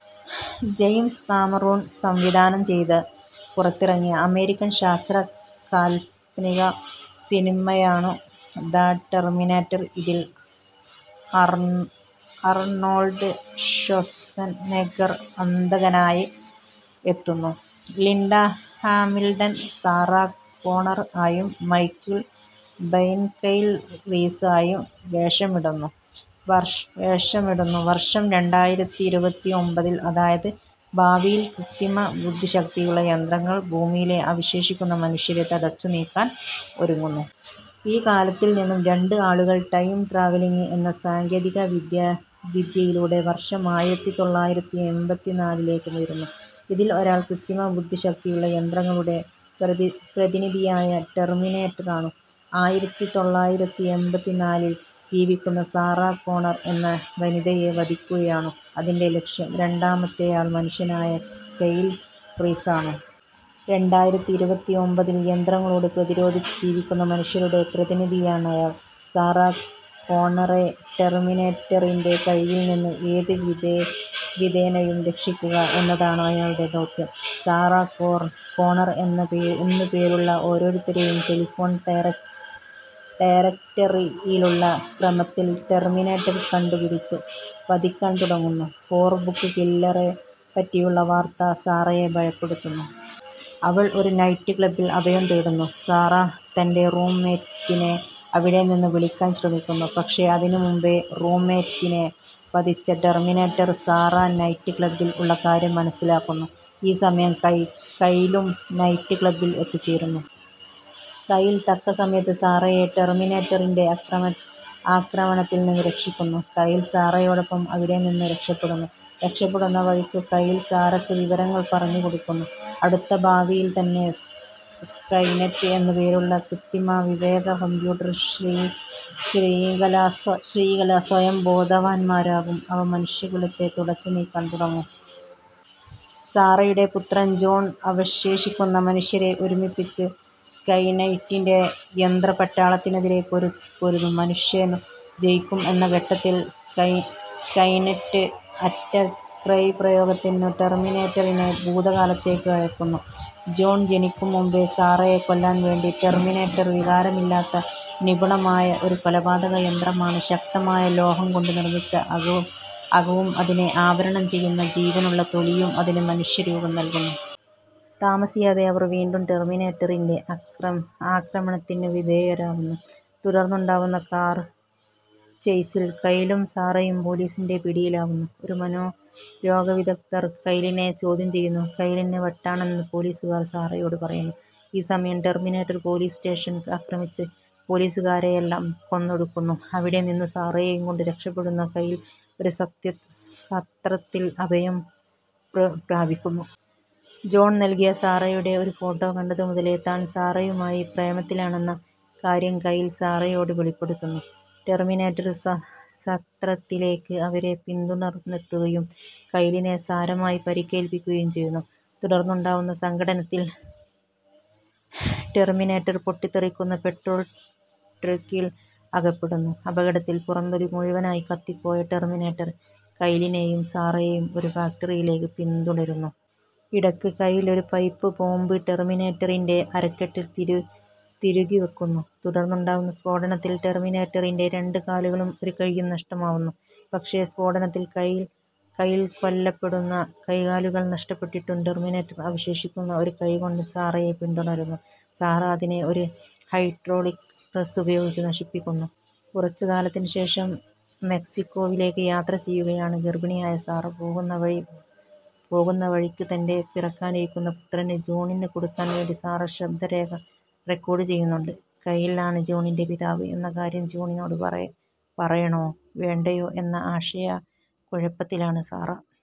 James Cameron സംവിധാനം ചെയ്ത് പുറത്തിറങ്ങിയ അമേരിക്കൻ ശാസ്ത്ര കാല്പനിക സിനിമയാണു ദ ടെർമിനേറ്റർ. ഇതിൽ അർണോൾഡ് ഷ്വാസ്സെനെഗ്ഗർ അന്തകനായി എത്തുന്നു. ലിൻഡ ഹാമിൽടൻ സാറാ കോണർ ആയും മൈക്കിൾ ബൈൻ കൈൽ റീസ് ആയും വേഷമിടുന്നു. വർഷം രണ്ടായിരത്തിഇരുപത്തിഒമ്പതിൽ, അതായത് ഭാവിയിൽ ക്രിത്രിമ ബുദ്ധിശക്തിയുള്ള യന്ത്രങ്ങൾ ഭൂമിയിലെ അവശേഷിക്കുന്ന മനുഷ്യരെ തുടച്ചു നീക്കാൻ ഒരുങ്ങുന്നു. ഈ കാലത്തിൽ നിന്നും രണ്ട് ആളുകൾ ടൈം ട്രാവലിങ്ങ് എന്ന സാങ്കേതിക വിദ്യയിലൂടെ വർഷം ആയിരത്തിതൊള്ളായിരത്തിഎമ്പതിനാലിലേക്ക് വരുന്നു. ഇതിൽ ഒരാൾ ക്രിത്രിമ ബുദ്ധിശക്തിയുള്ള യന്ത്രങ്ങളുടെ പ്രതിനിധിയായ ടെർമിനേറ്ററാണു. ആയിരത്തിതൊള്ളായിരത്തിഎമ്പതിനാലിൽ ജീവിക്കുന്ന സാറാ കോണർ എന്ന വനിതയെ വധിക്കുകയാണു അതിന്റെ ലക്ഷ്യം. രണ്ടാമത്തെയാൾ മനുഷ്യനായ കൈൽ റീസാണു. രണ്ടായിരത്തിഇരുപത്തിഒമ്പതിൽ യന്ത്രങ്ങളോട് പ്രതിരോധിച്ചു ജീവിക്കുന്ന മനുഷ്യരുടെ പ്രതിനിധിയാണയാൾ. സാറാ കോണറെ ടെർമിനേറ്ററിന്റെ കയ്യിൽ നിന്നു ഏതു വിധേനയും രക്ഷിക്കുക എന്നതാണു അയാളുടെ ദൗത്യം. സാറാ കോണർ എന്നു പേരുള്ള ഓരോരുത്തരേയും ടെലിഫോൺ ഡയറക്റ്ററിയിലുള്ള ക്രമത്തിൽ ടെർമിനേറ്റർ കണ്ടു പിടിച്ചു വധിക്കാൻ തുടങ്ങുന്നു. ഫോൺ ബുക്ക് കില്ലറെ പറ്റിയുള്ള വാർത്ത സാറയെ ഭയപ്പെടുത്തുന്നു. അവൾ ഒരു നൈറ്റ് ക്ലബ്ബിൽ അഭയം തേടുന്നു. സാറ തന്റെ റൂം മേറ്റിനെ അവിടെ നിന്നു വിളിക്കാൻ ശ്രമിക്കുന്നു. പക്ഷേ അതിനു മുൻപെ റൂം മേറ്റിനെ വധിച്ച ടെർമിനേറ്റർ സാറ നൈറ്റ് ക്ലബ്ബിൽ ഉള്ള കാര്യം മനസ്സിലാക്കുന്നു. ഈ സമയം കൈലും നൈറ്റ് ക്ലബ്ബിൽ എത്തിച്ചേരുന്നു. കൈൽ തക്ക സമയത്ത് സാറയെ ടെർമിനേറ്ററിന്റെ ആക്രമണത്തിൽ നിന്ന് രക്ഷിക്കുന്നു. കൈൽ സാറയോടൊപ്പം അവിടെ നിന്നു രക്ഷപ്പെടുന്നു. രക്ഷപ്പെടുന്ന വഴിക്കു കൈൽ സാറയ്ക്ക് വിവരങ്ങൾ പറഞ്ഞ് കൊടുക്കുന്നു. അടുത്ത ഭാവിയിൽ തന്നെ സ്കൈനെറ്റ് എന്ന് പേരുള്ള ക്രിത്രിമ വിവേക കമ്പ്യൂട്ടർ ശ്രിംഖല സ്വയം ബോധവാന്മാരാകും. അവ മനുഷ്യ കുലത്തെ തുടച്ച് നീക്കാൻ തുടങ്ങും. സാറയുടെ പുത്രൻ ജോൺ അവശേഷിക്കുന്ന മനുഷ്യരെ ഒരുമിപ്പിച്ച് സ്കൈനെറ്റിന്റെ യന്ത്രപ്പട്ടാളത്തിനെതിരെ പൊരുതും. മനുഷ്യർ ജയിക്കും എന്ന ഘട്ടത്തിൽ സ്കൈനെറ്റ് അറ്റ കൈപ്രയോഗത്തിനു ടെർമിനേറ്ററിനെ ഭൂതകാലത്തേക്ക് അയക്കുന്നു, ജോൺ ജനിക്കും മുൻപേ സാറയെ കൊല്ലാൻ വേണ്ടി. ടെർമിനേറ്റർ വികാരമില്ലാത്ത നിപുണമായ ഒരു കൊലപാതക യന്ത്രമാണ്. ശക്തമായ ലോഹം കൊണ്ട് നിർമ്മിച്ച അകവും അതിനെ ആവരണം ചെയ്യുന്ന ജീവനുള്ള തൊലിയും അതിന് മനുഷ്യന്റെ രൂപം നൽകുന്നു. താമസിയാതെ അവർ വീണ്ടും ടെർമിനേറ്ററിന്റെ ആക്രമണതിനു വിധേയരാവുന്നു. തുടർന്നുണ്ടാവുന്ന കാർ ചെയ്സിൽ കൈലും സാറയും പോലീസിന്റെ പിടിയിലാവുന്നു. ഒരു മനോരോഗ വിദഗ്ദ്ധൻ കൈലിനെ ചൊദ്യം ചെയ്യുന്നു. കൈലിന് വട്ടാണെന്ന് പോലീസുകാർ സാറയോട് പറയുന്നു. ഈ സമയം ടെർമിനേറ്റർ പോലീസ് സ്റ്റേഷൻ ആക്രമിച്ച് പോലീസുകാരെയെല്ലാം കൊന്നൊടുക്കുന്നു. അവിടെ നിന്നു സാറയെയും കൊണ്ട് രക്ഷപ്പെടുന്ന കൈൽ ഒരു സത്യം സത്രത്തിൽ അഭയം പ്രാപിക്കുന്നു. ജോൺ നൽകിയ സാറയുടെ ഒരു ഫോട്ടോ കണ്ടതു മുതലേ താൻ സാറയുമായ് പ്രേമത്തിലാണെന്ന കാര്യം കൈൽ സാറയോട് വെളിപ്പെടുത്തുന്നു. ടെർമിനേറ്റർ സത്രത്തിലേക്ക് അവരെ പിന്തുടർന്നെത്തുകയും കൈലിനെ സാരമായ് പരിക്കേൽപ്പിക്കുകയും ചെയ്യുന്നു. തുടർന്നുണ്ടാവുന്ന സംഘട്ടനത്തിൽ ടെർമിനേറ്റർ പൊട്ടിത്തെറിക്കുന്ന പെട്രോൾ ട്രക്കിൽ അകപ്പെടുന്നു. അപകടത്തിൽ പുറം തൊലി മുഴുവനായ് കത്തിപ്പോയ ടെർമിനേറ്റർ കൈലിനേയും സാറയേയും ഒരു ഫാക്ടറിയിലേക്ക് പിന്തുടരുന്നു. ഇടയ്ക്ക് കൈൽ ഒരു പൈപ്പ് ബോംബ് ടെർമിനേറ്ററിന്റെ അരക്കെട്ടിൽ തിരുകിവയ്ക്കുന്നു. തുടർന്നുണ്ടാവുന്ന സ്ഫോടനത്തിൽ ടെർമിനേറ്ററിന്റെ രണ്ട് കാലുകളും ഒരു കൈയ്യും നഷ്ടമാവുന്നു. പക്ഷേ സ്ഫോടനത്തിൽ കൈൽ കൊല്ലപ്പെടുന്നു. കൈകാലുകൾ നഷ്ടപ്പെട്ടിട്ടും ടെർമിനേറ്റർ അവശേഷിക്കുന്ന ഒരു കൈ കൊണ്ട് സാറയെ പിന്തുടരുന്നു. സാറ അതിനെ ഒരു ഹൈഡ്രോളിക് പ്രസ്സ് ഉപയോഗിച്ച് നശിപ്പിക്കുന്നു. കുറച്ച് കാലത്തിന് ശേഷം മെക്സിക്കോവിലേക്ക് യാത്ര ചെയ്യുകയാണ് ഗർഭിണിയായ സാറ. പോകുന്ന വഴിക്ക് തന്റെ പിറക്കാനിരിക്കുന്ന പുത്രൻ ജോണിന് കൊടുക്കാൻ വേണ്ടി സാറ ശബ്ദരേഖ റെക്കോഡ് ചെയ്യുന്നുണ്ട്. കൈൽ ആണ് ജോണിന്റെ പിതാവ് എന്ന കാര്യം ജോണിനോട് പറയണോ വേണ്ടയോ എന്ന ആശയക്കുഴപ്പത്തിലാണ് സാറ.